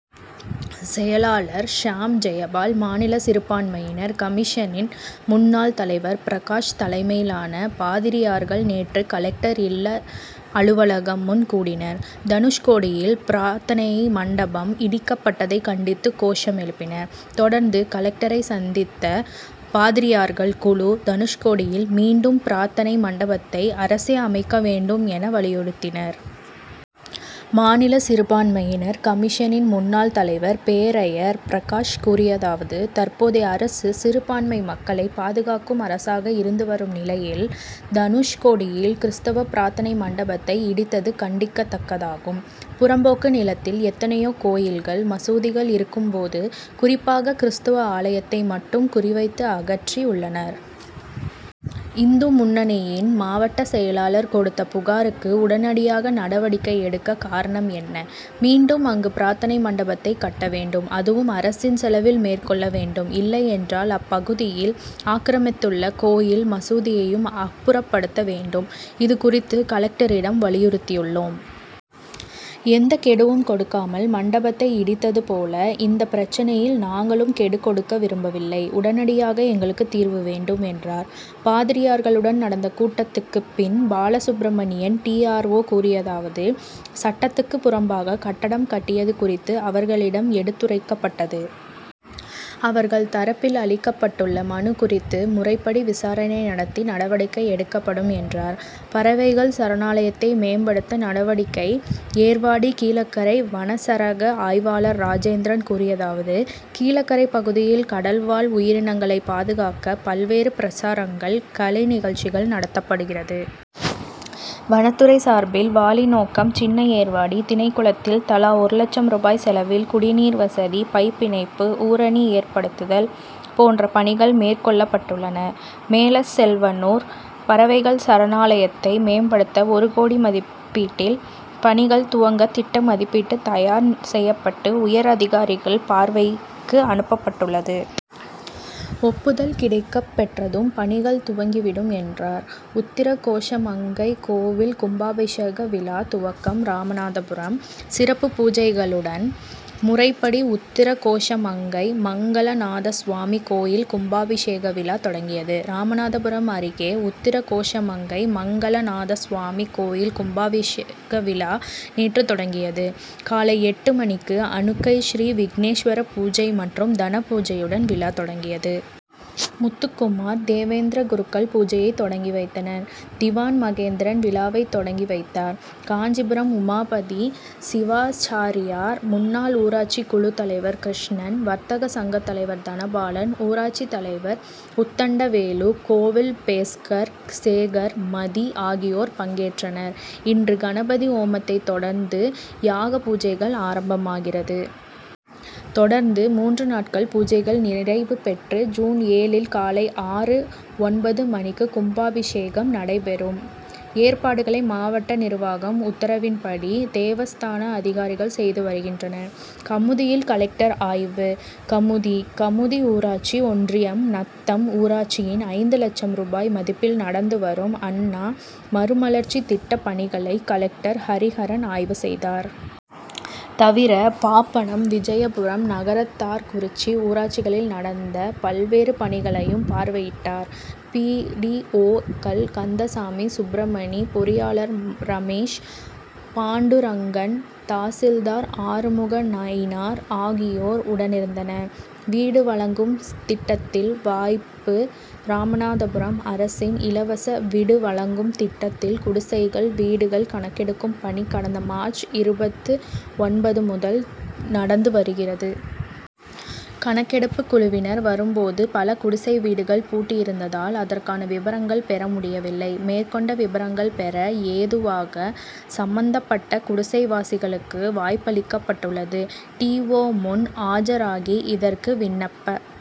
செயலாளர் ஷாம் ஜெயபால், மாநில சிறுபான்மையினர் கமிஷனின் முன்னாள் தலைவர் பிரகாஷ் தலைமையிலான பாதிரியார்கள் நேற்று கலெக்டர் இல்ல அலுவலகம் முன் கூடினர். தனுஷ்கோடியில் பிரார்த் தனை மண்டபம் இடிக்கப் பட்டதை கண்டித்து கோஷம் எழுப்பினர். தொடர்ந்து கலெக்டரை சந்தித்த பாதிரியார்கள் குழு, தனுஷ்கோடியில் மீண்டும் பிரார்த்தனை மண்டபத்தை அரசே அமைக்க வேண்டும், என, வலியுறுத்தினர். மாநில சிறுபான்மையினர் கமிஷனின் முன்னாள் தலைவர் பேராயர் பிரகாஷ் கூறியதாவது: தற்போதைய அரசு சிறுபான்மை மக்களை பாதுகாக்கும் அரசாக இருந்து வரும் நிலையில், தனுஷ் கோடியில் கிறிஸ்தவ பிரார்த்தனை மண்டபத்தை இடித்தது கண்டிக்கதக்கதாகும். புறம்போக்கு நிலத்தில் எத்தனையோ கோயில்கள், மசூதிகள் இருக்கும் போது, குறிப் பாக கிறிஸ்தவ ஆலயத்தை மட்டும் குறிவைத்து அகற்றி உள்ளனர். இந்து முன்னணியின் மாவட்ட செயலாளர் கொடுத்த புகாருக்கு உடனடியாக நடவடிக்கை எடுக்க காரணம் என்ன? மீண்டும் அங்கு பிரார்த்தனை மண்டபத்தை கட்ட வேண்டும். அதுவும் அரசின் செலவில் மேற்கொள்ள வேண்டும். இல்லையென்றால் அப்பகுதியில் ஆக்கிரமித்துள்ள கோயில், மசூதியையும் அப்புறப்படுத்த வேண்டும். இது குறித்து கலெக்டரிடம் வலியுறுத்தியுள்ளோம். எந்த கெடுவும் கொடுக்காமல் மண்டபத்தை இடித்தது போல, இந்த பிரச்னையில் நாங்களும் கெடு கொடுக்க விரும்பவில்லை. உடனடியாக எங்களுக்கு தீர்வு வேண்டும், என்றார். பாதிரியார்களுடன் நடந்த கூட்டத்துக்கு பின் பாலசுப்பிரமணியன் டி. ஆர். ஓ., கூறியதாவது: சட்டத்துக்கு புறம்பாக கட்டடம் கட்டியது குறித்து அவர்களிடம் எடுத்துரைக் கப்பட்டது. அவர்கள் தரப்பில் அளிக்கப் பட்டுள்ள மனு குறித்து முறைப்படி விசாரணை நடத்தி நடவடிக்கை எடுக்கப்படும், என்றார். பறவைகள் சரணாலயத்தை மேம்படுத்த நடவடிக்கை ஏர்வாடி கீழக்கரை வனச்சரக ஆய்வாளர் ராஜேந்திரன் கூறியதாவது: கீழக்கரை பகுதியில் கடல் வாழ் உயிரினங்களை பாதுகாக்க பல் வேறு பிரசாரங்கள், கலை நிகழ்ச்சிகள் நடத்தப்படுகிறது. வனத்துறை சார்பில் வாலிநோக்கம், சின்ன ஏர்வாடி, தினைக்குளத்தில் தலா ஒரு லட்சம் ரூபாய் செலவில் குடிநீர்வசதி, பைப் இணைப்பு, ஊரணி ஏற்படுத்துதல் போன்ற பணிகள் மேற் கொள்ளப் பட்டுள்ளன. மேலச் செல் வனூர் பறவைகள் சரணாலயத்தை மேம்படுத்த ஒருகோடி மதிப்பீட்டில் பணிகள் துவங்க திட்ட மதிப்பீட்டு தயார் செய்யப் பட்டு உயர் அதிகாரிகள் பார் வைக்கு அனுப் பப்பட் டுள்ளது. ஒப்புதல் கிடைக் கப் பெற்றதும் பணிகள் துவங்கி விடும், என்றார். உத்திரகோசமங்கை கோயில் கும்பாபிஷேக விழா துவக்கம் ராமநாதபுரம்: சிறப்பு பூஜைகளுடன் முறைப்படி உத்திரகோசமங்கை மங்களநாதசுவாமி கோயில் கும்பாபிஷேக விழா தொடங்கியது. ராமநாதபுரம் அருகே உத்திரகோசமங்கை மங்களநாதசுவாமி கோயில் கும்பாபிஷேக விழா நேற்று தொடங்கியது. காலை எட்டு மணிக்கு அனுக்கை ஸ்ரீ விக்னேஷ்வர பூஜை மற்றும் தனபூஜையுடன் விழா தொடங்கியது. முத்துக்குமார், தேவேந்திர குருக்கள் பூஜையை தொடங்கி வைத்தனர். திவான் மகேந்திரன் விழாவை தொடங்கி வைத்தார். காஞ்சிபுரம் உமாபதி சிவாச்சார்யார், முன்னார் ஊராட்சி குழு தலைவர் கிருஷ்ணன், வர்த்தக சங்க தலைவர் தனபாலன், ஊராட்சி தலைவர் உத்தண்டவேலு, கோயில் பேஸ்கர் சேகர், மதி ஆகியோர் பங்கேற்றனர். இன்று கணபதி ஹோமத்தை தொடர்ந்து யாக பூஜைகள் ஆரம்பமாகிறது. தொடர்ந்து மூன்று நாட்கள் பூஜைகள் நிறைவு பெற்று, ஜூன் ஏழில் காலை ஆறு.ஒன்பது மணிக்கு கும்பாபிஷேகம் நடைபெறும். ஏற்பாடுகளை மாவட்ட நிர்வாகம் உத்தரவின்படி தேவஸ்தான அதிகாரிகள் செய்து வருகின்றனர். கமுதியில் கலெக்டர் ஆய்வு கமுதி: கமுதி ஊராட்சி ஒன்றியம் நத்தம் ஊராட்சியில் ஐந்து லட்சம் ரூபாய் மதிப்பில் நடந்து வரும் அண்ணா மறுமலர்ச்சி திட்ட பணிகளை கலெக்டர் ஹரிஹரன் ஆய்வு செய்தார். தவிர பாப்பனம், விஜயபுரம், நகரத்தார்குறிச்சி ஊராட்சிகளில் நடந்த பல்வேறு பணிகளையும் பார்வையிட்டார். பி. டி. ஓ.,கள் கந்தசாமி, சுப்பிரமணி, பொறி யாளர் ரமேஷ், பாண்டுரங்கன், தாசில்தார் ஆறுமுகநயினார் ஆகியோர் உடனிருந்தனர். வீடு வழங்கும் திட்டத்தில் வாய்ப்பு ராமநாதபுரம்: அரசின் இலவச விடு வழங்கும் திட்டத்தில் குடிசைகள் வீடுகள் கணக்கெடுக்கும் பணி கடந்த மார்ச் இருபத்து ஒன்பது முதல் நடந்து வருகிறது. கணக்கெடுப்பு குழுவினர் வரும் போது பல குடிசை வீடுகள் பூட்டியிருந்ததால் அதற்கான விபரங்கள் பெற முடியவில்லை. மேற்கொண்ட விபரங்கள் பெற ஏதுவாக சம்மந்தப் பட்ட குடிசைவாசிகளுக்கு வாய்ப்பளிக்கப்பட்டுள்ளது. டி. ஓ., முன் ஆஜராகி, இதற்க்கு விண்ணப்ப